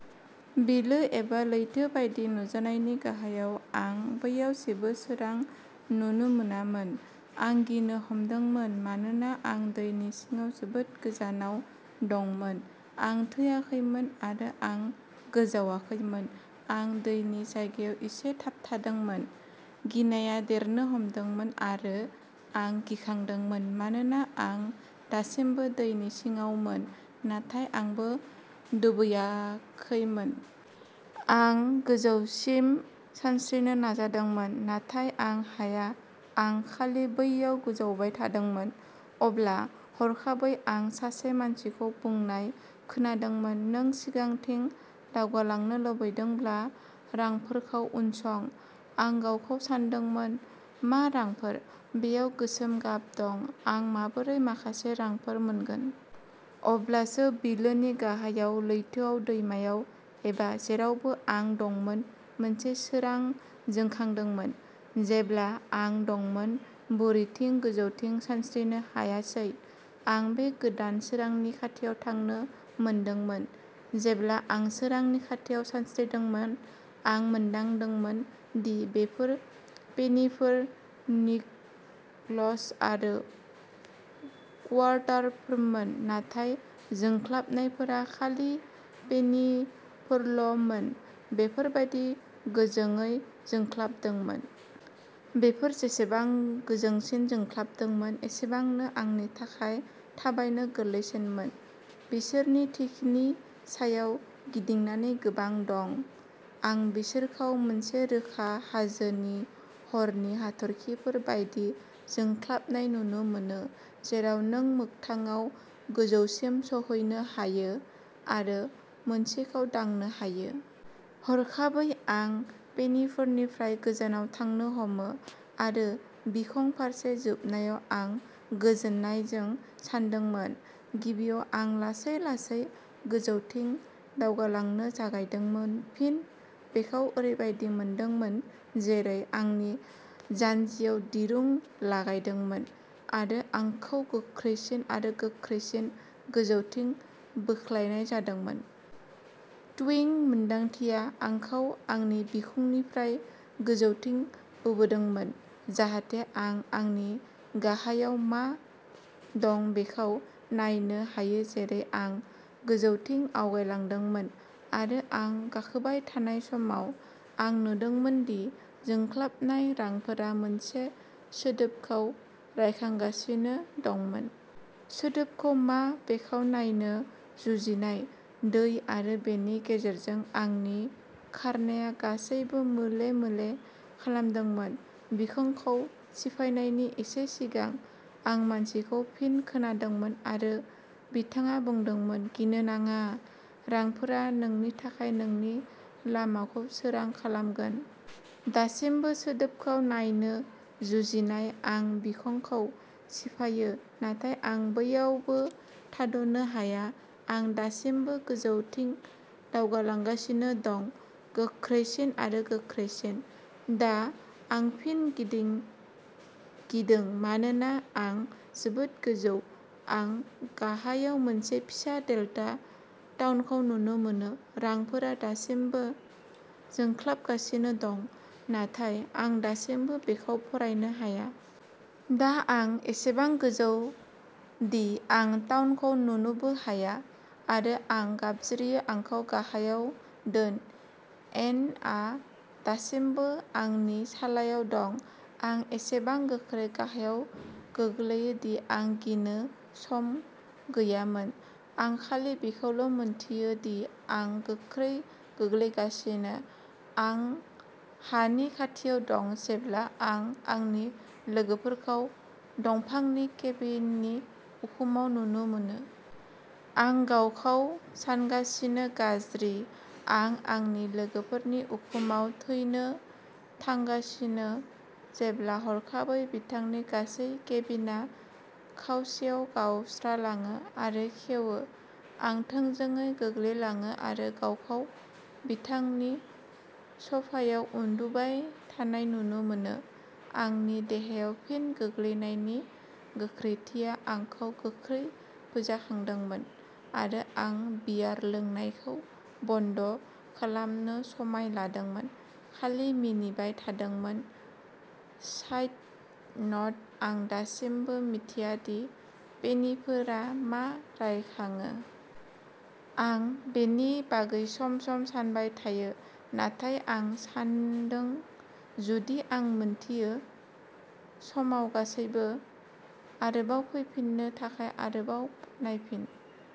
बिलो एबा लैथो बायदि नुजानायनि गाहायाव आं बैयाव जेबो सोरां नुनो मोनामोन। आं गिनो हमदोंमोन मानोना आं दैनि सिङाव जोबोद गोजानाव दंमोन आं थैयाखैमोन आरो आं गोजावाखैमोन आं दैनि जायगायाव एसे थाबथादोंमोन। गिनाया देरनो हमदोंमोन आरो आं गिखांदोंमोन मानोना आं दासिमबो दैनि सिङावमोन, नाथाय आंबो दोबैाखैमोन। आं गोजौसिम सानस्रिनो नाजादोंमोन, नाथाय आं हाया, आं खालि बैयाव गोजावबाय थादोंमोन। अब्ला, हरखाबै आं सासे मानसिखौ बुंनाय खोनादोंमोन नों सिगांथिं दावगालांनो लुबैदोंब्ला, रांफोरखौ उनसं। आं गावखौ सानदोंमोन मा रांफोर, बेयाव गोसोम गाब दं, आं माबोरै माखासे रांफोर मोनगोन? अब्लासो बिलोनि गाहायाव, लैथोआव, दैमायाव, एबा जेरावबो आं दंमोन मोनसे सोरां जोंखांदोंमोन। जेब्ला आं दंमोन बोरिथिं गोजौथिं सानस्रिनो हायासै, आं बे गोदान सोरांनि खाथियाव थांनो मोनदोंमोन। जेब्ला आं सोरांनि खाथियाव सानस्रिदोंमोन आं मोनदांदोंमोन दि बेफोर पेनिफोर, निकल्स आरो कुवार्टारफोरमोन नाथाय जोंख्लाबनायफोरा खालि पेनिफोरल'मोन बेफोर जोबोद गोजोंयै जोंख्लाबदोंमोन। बेफोर जेसेबां गोजोंसिन जोंख्लाबदोंमोन एसेबांनो आंनि थाखाय थाबायनो गोरलैसिनमोन। बिसोरनि थिखिनि सायाव गिदिंनानै गोबां दं। आं बिसोरखौ मोनसे रोखा हाजोनि हरनि हाथरखिफोर बायदि जोंख्लाबनाय नुनो मोनो जेराव नों मोगथाङाव गोजौसिम सौहैनो हायो आरो मोनसेखौ दांनो हायो। हरखाबै आं पेनिफोरनिफ्राय गोजानाव थांनो हमो आरो बिखं फारसे जोबनायाव आं गोजोननायजों सानदोंमोन। गिबियाव आं लासै लासै गोजौथिं दावगालांनो जागायदोंमोन फिन बेखौ ओरैबायदि मोनदोंमोन जेरै आंनि जान्जियाव दिरुं लागायदोंमोन आरो आंखौ गोख्रैसिन आरो गोख्रैसिन गोजौथिं बोख्लायनाय जादोंमोन। टुविं मोनदांथिया आंखौ आंनि बिखुंनिफ्राय गोजौथिं बोदोंमोन, जाहाथे आं आंनि गाहायाव मा दं बेखौ नायनो हायो जेरै आं। गोजौथिं आवगायलांदोंमोन आरो आं गाखोबाय थानाय समाव, आं नुदोंमोन दि जोंख्लाबनाय रांफोरा मोनसे सोदोबखौ रायखांगासिनो दंमोन। सोदोबखौ मा बेखौ नायनो जुजिनाय, दै आरो बेनि गेजेरजों आंनि खारनाया गासैबो मोले मोले खालामदोंमोन। बिखंखौ सिफायनायनि एसे सिगां आं मानसिखौ फिन खोनादोंमोन आरो बिथाङा बुंदोंमोन गिनो नाङा रांफोरा नोंनि थाखाय नोंनि लामाखौ सोरां खालामगोन। दासिमबो सोदोबखौ नायनो जुजिनाय, आं बिखंखौ सिफायो नाथाय आं बैयावबो थाद'नो हाया आं दासिमबो गोजौथिं दावगालांगासिनो दं, गोख्रैसिन आरो गोख्रैसिन। दा आं फिन गिदों मानोना आं जोबोद गोजौ। आं गाहायाव मोनसे फिसा डेल्टा टाउनखौ नुनो मोनो, रांफोरा दासिमबो जोंख्लाबगासिनो दं, नाथाय आं दासिमबो बेखौ फरायनो हाया। दा आं एसेबां गोजौ दि आं टाउनखौ नुनोबो हाया आरो आं गाबज्रियो आंखौ गाहायाव दोन एन आ दासिमबो आंनि सालायाव दं, आं एसेबां गोख्रै गाहायाव गोग्लैयो दि आं गिनो सम गैयामोन। आं खालि बेखौल' मिथियो दि आं गोख्रै गोग्लैगासिनो आं हानि खाथियाव दं जेब्ला आं आंनि लोगोफोरखौ दंफांनि केबिननि उखुमाव नुनो मोनो। आं गावखौ सानगासिनो गाज्रि आं आंनि लोगोफोरनि उखुमाव थैनो थांगासिनो जेब्ला हरखाबै बिथांनि गासै केबिनआ खावसेयाव गावस्रालाङो आरो खेवो आं थोंजोङै गोग्लैलाङो आरो गावखौ बिथांनि सोफायाव उन्दुबाय थानाय नुनो मोनो। आंनि देहायाव फिन गोग्लैनायनि गोख्रैथिया आंखौ गोख्रै फोजाखांदोंमोन आरो आं बियार लोंनायखौ बन्द खालामनो समाय लादोंमोन खालि मिनिबाय थादोंमोन साइड नट आं दासिमबो मिथिया दि पेनिफोरा मा रायखाङो। आं बेनि बागै सम सम सानबाय थायो। नाथाय आं सान्दों जुदि आं मिन्थियो समाव गासैबो। आरोबाव फैफिननो थाखाय आरोबाव नायफिन।